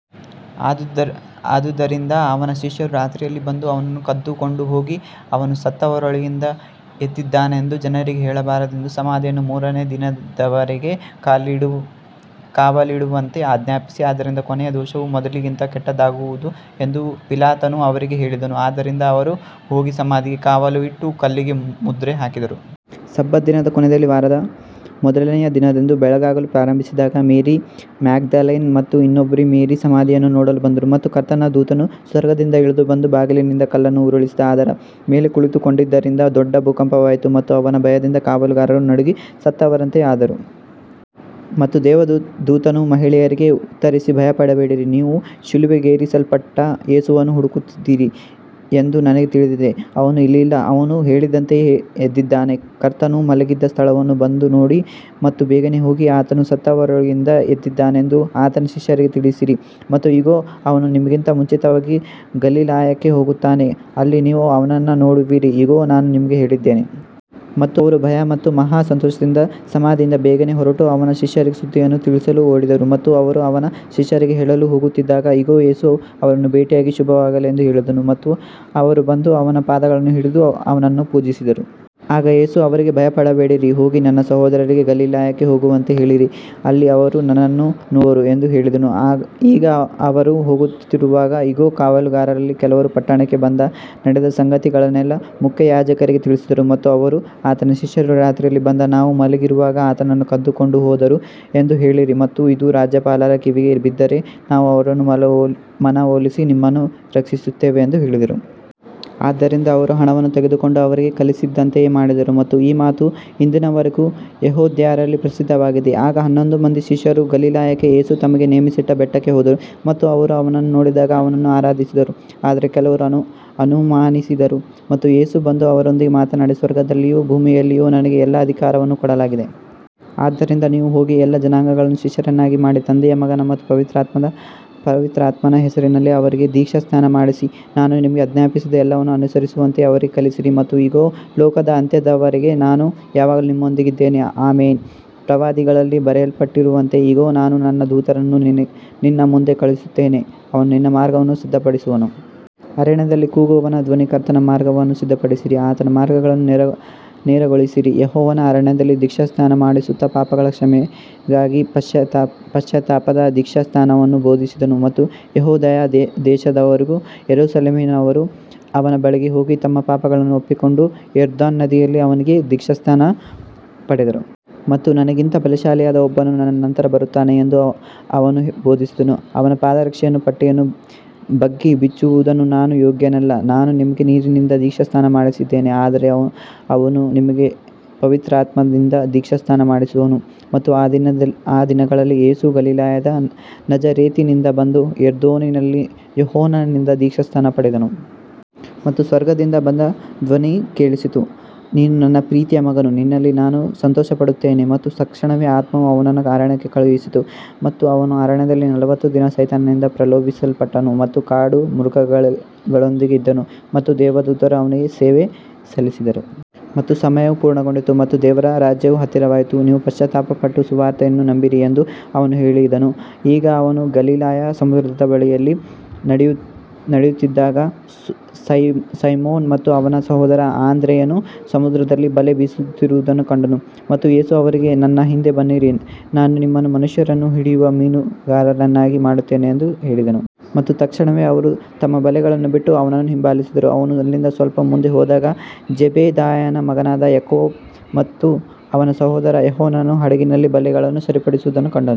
ಆದುದರಿಂದ ಅವನ ಶಿಷ್ಯರು ರಾತ್ರಿಯಲ್ಲಿ ಬಂದು ಅವನನ್ನು ಕದ್ದುಕೊಂಡು ಹೋಗಿ ಅವನು ಸತ್ತವರೊಳಗಿಂದ ಎದ್ದಿದ್ದಾನೆಂದು ಜನರಿಗೆ ಹೇಳಬಾರದೆಂದು ಸಮಾಧಿಯನ್ನು ಮೂರನೆಯ ದಿನದವರೆಗೆ ಕಾವಲಿಡುವಂತೆ ಆಜ್ಞಾಪಿಸು, ಆದ್ದರಿಂದ ಕೊನೆಯ ದೋಷವು ಮೊದಲಿಗಿಂತ ಕೆಟ್ಟದ್ದಾಗುವುದು ಎಂದು ಪಿಲಾತನು ಅವರಿಗೆ ಹೇಳಿದನು, ಆದ್ದರಿಂದ ಅವರು ಹೋಗಿ ಸಮಾಧಿಗೆ ಕಾವಲು ಇಟ್ಟು ಕಲ್ಲಿಗೆ ಮುದ್ರೆ ಹಾಕಿದರು. ಸಬ್ಬತ್ ದಿನದ ಕೊನೆಯಲ್ಲಿ ವಾರದ ಮೊದಲನೆಯ ದಿನದಂದು ಬೆಳಗಾಗಲು ಪ್ರಾರಂಭಿಸಿದಾಗ ಮೇರಿ ಮ್ಯಾಗ್ದಲೇನ್ ಮತ್ತು ಇನ್ನೊಬ್ಬ ಮೇರಿ ಸಮಾಧಿಯನ್ನು ನೋಡಲು ಬಂದರು. ಮತ್ತು ಕರ್ತನ ದೂತನು ಸ್ವರ್ಗದಿಂದ ಇಳಿದು ಬಂದು ಬಾಗಿಲಿನಿಂದ ಕಲ್ಲನ್ನು ಉರುಳಿಸಿ ಅದರ ಮೇಲೆ ಕುಳಿತುಕೊಂಡಿದ್ದರಿಂದ ದೊಡ್ಡ ಭೂಕಂಪವಾಯಿತು. ಮತ್ತು ಅವನ ಭಯದಿಂದ ಕಾವಲುಗಾರರು ನಡುಗಿ ಸತ್ತವರಂತೆ ಆದರು. ಮತ್ತು ದೇವದೂತನು ಮಹಿಳೆಯರಿಗೆ ಉತ್ತರಿಸಿ, ಭಯಪಡಬೇಡಿರಿ, ನೀವು ಶಿಲುಬೆಗೇರಿಸಲ್ಪಟ್ಟ ಯೇಸುವನ್ನು ಹುಡುಕುತ್ತಿದ್ದೀರಿ ಎಂದು ನನಗೆ ತಿಳಿದಿದೆ. ಅವನು ಇಲ್ಲಿಲ್ಲ, ಅವನು ಹೇಳಿದಂತೆಯೇ ಎದ್ದಿದ್ದಾನೆ, ಕರ್ತನು ಮಲಗಿದ್ದ ಸ್ಥಳವನ್ನು ಬಂದು ನೋಡಿ. ಮತ್ತು ಬೇಗನೆ ಹೋಗಿ, ಆತನು ಸತ್ತವರೊಳಗಿಂದ ಎದ್ದಿದ್ದಾನೆಂದು ಆತನ ಶಿಷ್ಯರಿಗೆ ತಿಳಿಸಿರಿ, ಮತ್ತು ಇಗೋ, ಅವನು ನಿಮಗಿಂತ ಮುಂಚಿತವಾಗಿ ಗಲಿಲಾಯಕ್ಕೆ ಹೋಗುತ್ತಾನೆ, ಅಲ್ಲಿ ನೀವು ಅವನನ್ನು ನೋಡುವಿರಿ, ಇಗೋ, ನಾನು ನಿಮಗೆ ಹೇಳಿದ್ದೇನೆ. ಮತ್ತು ಅವರು ಭಯ ಮತ್ತು ಮಹಾ ಸಂತೋಷದಿಂದ ಸಮಾಧಿಯಿಂದ ಬೇಗನೆ ಹೊರಟು, ಅವನ ಶಿಷ್ಯರಿಗೆ ಸುದ್ದಿಯನ್ನು ತಿಳಿಸಲು ಓಡಿದರು. ಮತ್ತು ಅವರು ಅವನ ಶಿಷ್ಯರಿಗೆ ಹೇಳಲು ಹೋಗುತ್ತಿದ್ದಾಗ, ಇಗೋ, ಯೇಸು ಅವರನ್ನು ಭೇಟಿಯಾಗಿ, ಶುಭವಾಗಲಿ ಎಂದು ಹೇಳಿದನು, ಮತ್ತು ಅವರು ಬಂದು ಅವನ ಪಾದಗಳನ್ನು ಹಿಡಿದು ಅವನನ್ನು ಪೂಜಿಸಿದರು. ಆಗ ಯೇಸು ಅವರಿಗೆ, ಭಯಪಡಬೇಡಿರಿ, ಹೋಗಿ ನನ್ನ ಸಹೋದರರಿಗೆ ಗಲಿಲಾಯಕ್ಕೆ ಹೋಗುವಂತೆ ಹೇಳಿರಿ, ಅಲ್ಲಿ ಅವರು ನನ್ನನ್ನು ನೋಡುವರು ಎಂದು ಹೇಳಿದನು. ಈಗ ಅವರು ಹೋಗುತ್ತಿರುವಾಗ, ಇಗೋ, ಕಾವಲುಗಾರರಲ್ಲಿ ಕೆಲವರು ಪಟ್ಟಣಕ್ಕೆ ಬಂದು ನಡೆದ ಸಂಗತಿಗಳನ್ನೆಲ್ಲಾ ಮುಖ್ಯಯಾಜಕರಿಗೆ ತಿಳಿಸಿದರು. ಮತ್ತು ಅವರು, ಆತನ ಶಿಷ್ಯರು ರಾತ್ರಿಯಲ್ಲಿ ಬಂದು ನಾವು ಮಲಗಿರುವಾಗ ಆತನನ್ನು ಕದ್ದುಕೊಂಡು ಹೋದರು ಎಂದು ಹೇಳಿರಿ, ಮತ್ತು ಇದು ರಾಜ್ಯಪಾಲರ ಕಿವಿಗೆ ಬಿದ್ದರೆ ನಾವು ಅವರನ್ನು ಮನವೊಲಿಸಿ ನಿಮ್ಮನ್ನು ರಕ್ಷಿಸುತ್ತೇವೆ ಎಂದು ಹೇಳಿದರು. ಆದ್ದರಿಂದ ಅವರು ಹಣವನ್ನು ತೆಗೆದುಕೊಂಡು, ಅವರಿಗೆ ಕಲಿಸಿದಂತೆಯೇ ಮಾಡಿದರು, ಮತ್ತು ಈ ಮಾತು ಇಂದಿನವರೆಗೂ ಯೆಹೂದ್ಯರಲ್ಲಿ ಪ್ರಸಿದ್ಧವಾಗಿದೆ. ಆಗ ಹನ್ನೊಂದು ಮಂದಿ ಶಿಷ್ಯರು ಗಲಿಲಾಯಕ್ಕೆ, ಯೇಸು ತಮಗೆ ನೇಮಿಸಿದ್ದ ಬೆಟ್ಟಕ್ಕೆ ಹೋದರು. ಮತ್ತು ಅವರು ಅವನನ್ನು ನೋಡಿದಾಗ ಅವನನ್ನು ಆರಾಧಿಸಿದರು, ಆದರೆ ಕೆಲವರು ಅನುಮಾನಿಸಿದರು. ಮತ್ತು ಯೇಸು ಬಂದು ಅವರೊಂದಿಗೆ ಮಾತನಾಡಿ, ಸ್ವರ್ಗದಲ್ಲಿಯೂ ಭೂಮಿಯಲ್ಲಿಯೂ ನನಗೆ ಎಲ್ಲಾ ಅಧಿಕಾರವನ್ನು ಕೊಡಲಾಗಿದೆ. ಆದ್ದರಿಂದ ನೀವು ಹೋಗಿ ಎಲ್ಲಾ ಜನಾಂಗಗಳನ್ನು ಶಿಷ್ಯರನ್ನಾಗಿ ಮಾಡಿ, ತಂದೆಯ, ಮಗನ ಮತ್ತು ಪವಿತ್ರಾತ್ಮನ ಹೆಸರಿನಲ್ಲಿ ಅವರಿಗೆ ದೀಕ್ಷಾಸ್ನಾನ ಮಾಡಿಸಿ, ನಾನು ನಿಮಗೆ ಆಜ್ಞಾಪಿಸಿದ ಎಲ್ಲವನ್ನೂ ಅನುಸರಿಸುವಂತೆ ಅವರಿಗೆ ಕಲಿಸಿರಿ, ಮತ್ತು ಇಗೋ, ಲೋಕದ ಅಂತ್ಯದವರೆಗೂ ನಾನು ಯಾವಾಗಲೂ ನಿಮ್ಮೊಂದಿಗಿದ್ದೇನೆ, ಆಮೆನ್. ಪ್ರವಾದಿಗಳಲ್ಲಿ ಬರೆಯಲ್ಪಟ್ಟಿರುವಂತೆ, ಇಗೋ, ನಾನು ನನ್ನ ದೂತನನ್ನು ನಿನ್ನ ಮುಂದೆ ಕಳುಹಿಸುತ್ತೇನೆ, ಅವನು ನಿನ್ನ ಮಾರ್ಗವನ್ನು ಸಿದ್ಧಪಡಿಸುವನು. ಅರಣ್ಯದಲ್ಲಿ ಕೂಗುವವನ ಧ್ವನಿ, ಕರ್ತನ ಮಾರ್ಗವನ್ನು ಸಿದ್ಧಪಡಿಸಿರಿ, ಆತನ ಮಾರ್ಗಗಳನ್ನು ನೇರಗೊಳಿಸಿರಿ. ಯೋಹಾನನು ಅರಣ್ಯದಲ್ಲಿ ದೀಕ್ಷಾಸ್ನಾನ ಮಾಡಿಸುತ್ತಾ, ಪಾಪಗಳ ಕ್ಷಮೆಗಾಗಿ ಪಶ್ಚಾತ್ತಾಪದ ದೀಕ್ಷಾಸ್ನಾನವನ್ನು ಬೋಧಿಸಿದನು. ಮತ್ತು ಯೆಹೂದಾಯ ದೇಶದವರೂ ಯೆರೂಸಲೇಮಿನವರೂ ಅವನ ಬಳಿಗೆ ಹೋಗಿ ತಮ್ಮ ಪಾಪಗಳನ್ನು ಒಪ್ಪಿಕೊಂಡು, ಯೊರ್ದಾನ್ ನದಿಯಲ್ಲಿ ಅವನಿಂದ ದೀಕ್ಷಾಸ್ನಾನ ಪಡೆದರು. ಮತ್ತು ನನಗಿಂತ ಬಲಶಾಲಿಯಾದ ಒಬ್ಬನು ನನ್ನ ನಂತರ ಬರುತ್ತಾನೆ ಎಂದು ಅವನು ಬೋಧಿಸಿದನು, ಅವನ ಪಾದರಕ್ಷೆಯ ಪಟ್ಟಿಯನ್ನು ಬಗ್ಗಿ ಬಿಚ್ಚುವುದಕ್ಕೂ ನಾನು ಯೋಗ್ಯನಲ್ಲ. ನಾನು ನಿಮಗೆ ನೀರಿನಿಂದ ದೀಕ್ಷಾಸ್ನಾನ ಮಾಡಿಸಿದ್ದೇನೆ, ಆದರೆ ಅವನು ನಿಮಗೆ ಪವಿತ್ರಾತ್ಮದಿಂದ ದೀಕ್ಷಾಸ್ನಾನ ಮಾಡಿಸುವನು. ಮತ್ತು ಆ ದಿನಗಳಲ್ಲಿ ಯೇಸು ಗಲಿಲಾಯದ ನಜರೇತಿನಿಂದ ಬಂದು, ಯೊರ್ದಾನಿನಲ್ಲಿ ಯೋಹಾನನಿಂದ ದೀಕ್ಷಾಸ್ನಾನ ಪಡೆದನು. ಮತ್ತು ಸ್ವರ್ಗದಿಂದ ಒಂದು ಧ್ವನಿ ಕೇಳಿಸಿತು, ನೀನು ನನ್ನ ಪ್ರೀತಿಯ ಮಗನು, ನಿನ್ನಲ್ಲಿ ನಾನು ಸಂತೋಷಪಡುತ್ತೇನೆ. ಮತ್ತು ತಕ್ಷಣವೇ ಆತ್ಮವು ಅವನನ್ನು ಅರಣ್ಯಕ್ಕೆ ಕಳುಹಿಸಿತು. ಮತ್ತು ಅವನು ಅರಣ್ಯದಲ್ಲಿ ನಲವತ್ತು ದಿನ ಸೈತಾನನಿಂದ ಪ್ರಲೋಭಿಸಲ್ಪಟ್ಟನು, ಮತ್ತು ಕಾಡು ಮೃಗಗಳೊಂದಿಗೆ ಇದ್ದನು, ಮತ್ತು ದೇವದೂತರು ಅವನಿಗೆ ಸೇವೆ ಸಲ್ಲಿಸಿದರು. ಮತ್ತು ಸಮಯವು ಪೂರ್ಣಗೊಂಡಿತು, ಮತ್ತು ದೇವರ ರಾಜ್ಯವು ಹತ್ತಿರವಾಗಿದೆ, ನೀವು ಪಶ್ಚಾತ್ತಾಪಪಟ್ಟು ಸುವಾರ್ತೆಯನ್ನು ನಂಬಿರಿ ಎಂದು ಅವನು ಹೇಳಿದನು. ಈಗ ಅವನು ಗಲಿಲಾಯ ಸಮುದ್ರದ ಬಳಿಯಲ್ಲಿ ನಡೆಯುತ್ತಿದ್ದಾಗ, ಸೈಮೋನ ಮತ್ತು ಅವನ ಸಹೋದರ ಆಂದ್ರೆಯನು ಸಮುದ್ರದಲ್ಲಿ ಬಲೆ ಬೀಸುತ್ತಿರುವುದನ್ನು ಕಂಡನು. ಮತ್ತು ಯೇಸು ಅವರಿಗೆ, ನನ್ನ ಹಿಂದೆ ಬನ್ನಿರಿ, ನಾನು ನಿಮ್ಮನ್ನು ಮನುಷ್ಯರನ್ನು ಹಿಡಿಯುವ ಮೀನುಗಾರರನ್ನಾಗಿ ಮಾಡುತ್ತೇನೆ ಎಂದು ಹೇಳಿದನು. ಮತ್ತು ತಕ್ಷಣವೇ ಅವರು ತಮ್ಮ ಬಲೆಗಳನ್ನು ಬಿಟ್ಟು ಅವನನ್ನು ಹಿಂಬಾಲಿಸಿದರು. ಅವನು ಅಲ್ಲಿಂದ ಸ್ವಲ್ಪ ಮುಂದೆ ಹೋದಾಗ, ಜೆಬೆದಾಯನ ಮಗನಾದ ಯಾಕೋಬ ಮತ್ತು ಅವನ ಸಹೋದರ ಯೋಹಾನನು ಹಡಗಿನಲ್ಲಿ ಬಲೆಗಳನ್ನು ಸರಿಪಡಿಸುವುದನ್ನು ಕಂಡನು.